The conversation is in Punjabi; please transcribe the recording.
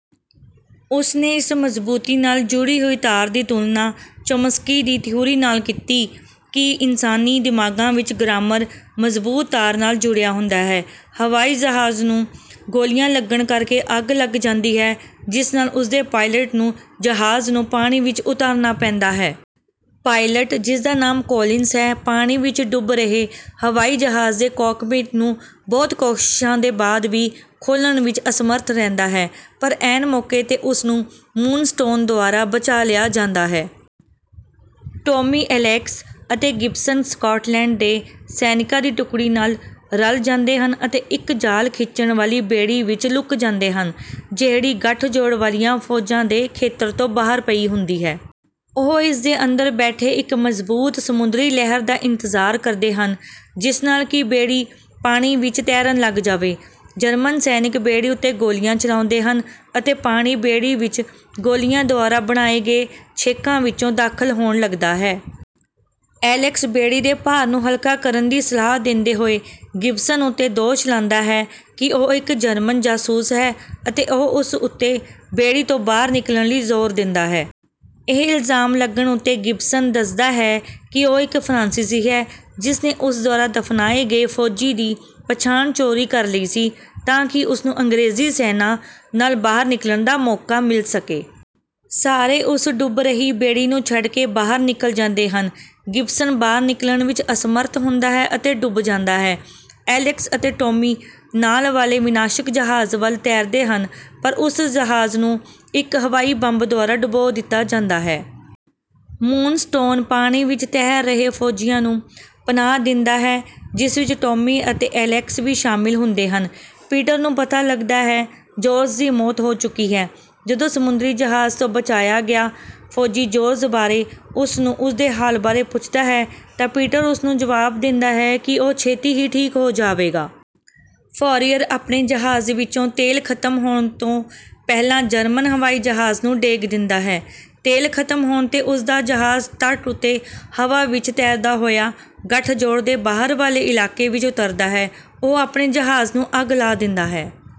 ਉਸਨੇ ਇਸ ਮਜ਼ਬੂਤੀ ਨਾਲ ਜੁੜੀ ਹੋਈ ਤਾਰ ਦੀ ਤੁਲਨਾ ਚੋਮਸਕੀ ਦੀ ਥਿਊਰੀ ਨਾਲ ਕੀਤੀ ਕਿ ਇਨਸਾਨੀ ਦਿਮਾਗਾਂ ਵਿੱਚ ਗਰਾਮਰ ਮਜ਼ਬੂਤ ਤਾਰ ਨਾਲ ਜੁੜਿਆ ਹੁੰਦਾ ਹੈ। ਹਵਾਈ ਜਹਾਜ਼ ਨੂੰ ਗੋਲੀਆਂ ਲੱਗਣ ਕਰਕੇ ਅੱਗ ਲੱਗ ਜਾਂਦੀ ਹੈ ਜਿਸ ਨਾਲ ਉਸਦੇ ਪਾਇਲਟ ਨੂੰ ਜਹਾਜ਼ ਨੂੰ ਪਾਣੀ ਵਿੱਚ ਉਤਾਰਨਾ ਪੈਂਦਾ ਹੈ। ਪਾਇਲਟ ਜਿਸਦਾ ਨਾਮ ਕੌਲਿੰਸ ਹੈ ਪਾਣੀ ਵਿੱਚ ਡੁੱਬ ਰਹੇ ਹਵਾਈ ਜਹਾਜ਼ ਦੇ ਕਾਕਪਿੱਟ ਨੂੰ ਬਹੁਤ ਕੋਸ਼ਿਸ਼ਾਂ ਦੇ ਬਾਅਦ ਵੀ ਖੋਲ੍ਹਣ ਵਿੱਚ ਅਸਮਰੱਥ ਰਹਿੰਦਾ ਹੈ ਪਰ ਐਨ ਮੌਕੇ ਤੇ ਉਸਨੂੰ ਮੂਨਸਟੋਨ ਦੁਆਰਾ ਬਚਾ ਲਿਆ ਜਾਂਦਾ ਹੈ। ਟੌਮੀ ਐਲੇਕਸ ਅਤੇ ਗਿਬਸਨ ਸਕਾਟਲੈਂਡ ਦੇ ਸੈਨਿਕਾਂ ਦੀ ਟੁਕੜੀ ਨਾਲ ਰਲ ਜਾਂਦੇ ਹਨ ਅਤੇ ਇੱਕ ਜਾਲ ਖਿੱਚਣ ਵਾਲੀ ਬੇੜੀ ਵਿੱਚ ਲੁਕ ਜਾਂਦੇ ਹਨ ਜਿਹੜੀ ਗਠਜੋੜ ਵਾਲੀਆਂ ਫੌਜਾਂ ਦੇ ਖੇਤਰ ਤੋਂ ਬਾਹਰ ਪਈ ਹੁੰਦੀ ਹੈ। ਉਹ ਇਸਦੇ ਅੰਦਰ ਬੈਠੇ ਇੱਕ ਮਜ਼ਬੂਤ ਸਮੁੰਦਰੀ ਲਹਿਰ ਦਾ ਇੰਤਜ਼ਾਰ ਕਰਦੇ ਹਨ ਜਿਸ ਨਾਲ ਕਿ ਬੇੜੀ ਪਾਣੀ ਵਿੱਚ ਤੈਰਨ ਲੱਗ ਜਾਵੇ। ਜਰਮਨ ਸੈਨਿਕ ਬੇੜੀ ਉੱਤੇ ਗੋਲੀਆਂ ਚਲਾਉਂਦੇ ਹਨ ਅਤੇ ਪਾਣੀ ਬੇੜੀ ਵਿੱਚ ਗੋਲੀਆਂ ਦੁਆਰਾ ਬਣਾਏ ਗਏ ਛੇਕਾਂ ਵਿੱਚੋਂ ਦਾਖਲ ਹੋਣ ਲੱਗਦਾ ਹੈ। ਐਲੇਕਸ ਬੇੜੀ ਦੇ ਭਾਰ ਨੂੰ ਹਲਕਾ ਕਰਨ ਦੀ ਸਲਾਹ ਦਿੰਦੇ ਹੋਏ ਗਿਬਸਨ ਉੱਤੇ ਦੋਸ਼ ਲਾਉਂਦਾ ਹੈ ਕਿ ਉਹ ਇੱਕ ਜਰਮਨ ਜਾਸੂਸ ਹੈ ਅਤੇ ਉਹ ਉਸ ਉੱਤੇ ਬੇੜੀ ਤੋਂ ਬਾਹਰ ਨਿਕਲਣ ਲਈ ਜ਼ੋਰ ਦਿੰਦਾ ਹੈ। ਇਹ ਇਲਜ਼ਾਮ ਲੱਗਣ ਉੱਤੇ ਗਿਬਸਨ ਦੱਸਦਾ ਹੈ ਕਿ ਉਹ ਇੱਕ ਫਰਾਂਸੀਸੀ ਹੈ ਜਿਸਨੇ ਉਸ ਦੁਆਰਾ ਦਫਨਾਏ ਗਏ ਫੌਜੀ ਦੀ ਪਛਾਣ ਚੋਰੀ ਕਰ ਲਈ ਸੀ ਤਾਂ ਕਿ ਉਸਨੂੰ ਅੰਗਰੇਜ਼ੀ ਸੈਨਾ ਨਾਲ ਬਾਹਰ ਨਿਕਲਣ ਦਾ ਮੌਕਾ ਮਿਲ ਸਕੇ। ਸਾਰੇ ਉਸ ਡੁੱਬ ਰਹੀ ਬੇੜੀ ਨੂੰ ਛੱਡ ਕੇ ਬਾਹਰ ਨਿਕਲ ਜਾਂਦੇ ਹਨ। ਗਿਬਸਨ ਬਾਹਰ ਨਿਕਲਣ ਵਿੱਚ ਅਸਮਰੱਥ ਹੁੰਦਾ ਹੈ ਅਤੇ ਡੁੱਬ ਜਾਂਦਾ ਹੈ। ਐਲੇਕਸ ਅਤੇ ਟੌਮੀ ਨਾਲ ਵਾਲੇ ਵਿਨਾਸ਼ਕ ਜਹਾਜ਼ ਵੱਲ ਤੈਰਦੇ ਹਨ ਪਰ ਉਸ ਜਹਾਜ਼ ਨੂੰ ਇੱਕ ਹਵਾਈ ਬੰਬ ਦੁਆਰਾ ਡੁਬੋ ਦਿੱਤਾ ਜਾਂਦਾ ਹੈ। ਮੂਨਸਟੋਨ ਪਾਣੀ ਵਿੱਚ ਤੈਰ ਰਹੇ ਫੌਜੀਆਂ ਨੂੰ ਪਨਾਹ ਦਿੰਦਾ ਹੈ ਜਿਸ ਵਿੱਚ ਟੌਮੀ ਅਤੇ ਐਲੇਕਸ ਵੀ ਸ਼ਾਮਿਲ ਹੁੰਦੇ ਹਨ। ਪੀਟਰ ਨੂੰ ਪਤਾ ਲੱਗਦਾ ਹੈ ਜੌਰਜ ਦੀ ਮੌਤ ਹੋ ਚੁੱਕੀ ਹੈ ਜਦੋਂ ਸਮੁੰਦਰੀ ਜਹਾਜ਼ ਤੋਂ ਬਚਾਇਆ ਗਿਆ ਫੌਜੀ ਜੌਰਜ ਬਾਰੇ ਉਸਨੂੰ ਉਸਦੇ ਹਾਲ ਬਾਰੇ ਪੁੱਛਦਾ ਹੈ ਤਾਂ ਪੀਟਰ ਉਸਨੂੰ ਜਵਾਬ ਦਿੰਦਾ ਹੈ ਕਿ ਉਹ ਛੇਤੀ ਹੀ ਠੀਕ ਹੋ ਜਾਵੇਗਾ। ਫਾਰੀਅਰ ਆਪਣੇ ਜਹਾਜ਼ ਵਿੱਚੋਂ ਤੇਲ ਖਤਮ ਹੋਣ ਤੋਂ ਪਹਿਲਾਂ ਜਰਮਨ ਹਵਾਈ ਜਹਾਜ਼ ਨੂੰ ਡੇਗ ਦਿੰਦਾ ਹੈ। ਤੇਲ ਖਤਮ ਹੋਣ ਤੇ ਉਸਦਾ ਜਹਾਜ਼ ਤਟ ਉੱਤੇ ਹਵਾ ਵਿੱਚ ਤੈਰਦਾ ਹੋਇਆ ਗਠਜੋੜ ਦੇ ਬਾਹਰ ਵਾਲੇ ਇਲਾਕੇ ਵਿੱਚ ਉੱਤਰਦਾ ਹੈ। ਉਹ ਆਪਣੇ ਜਹਾਜ਼ ਨੂੰ ਅੱਗ ਲਾ ਦਿੰਦਾ ਹੈ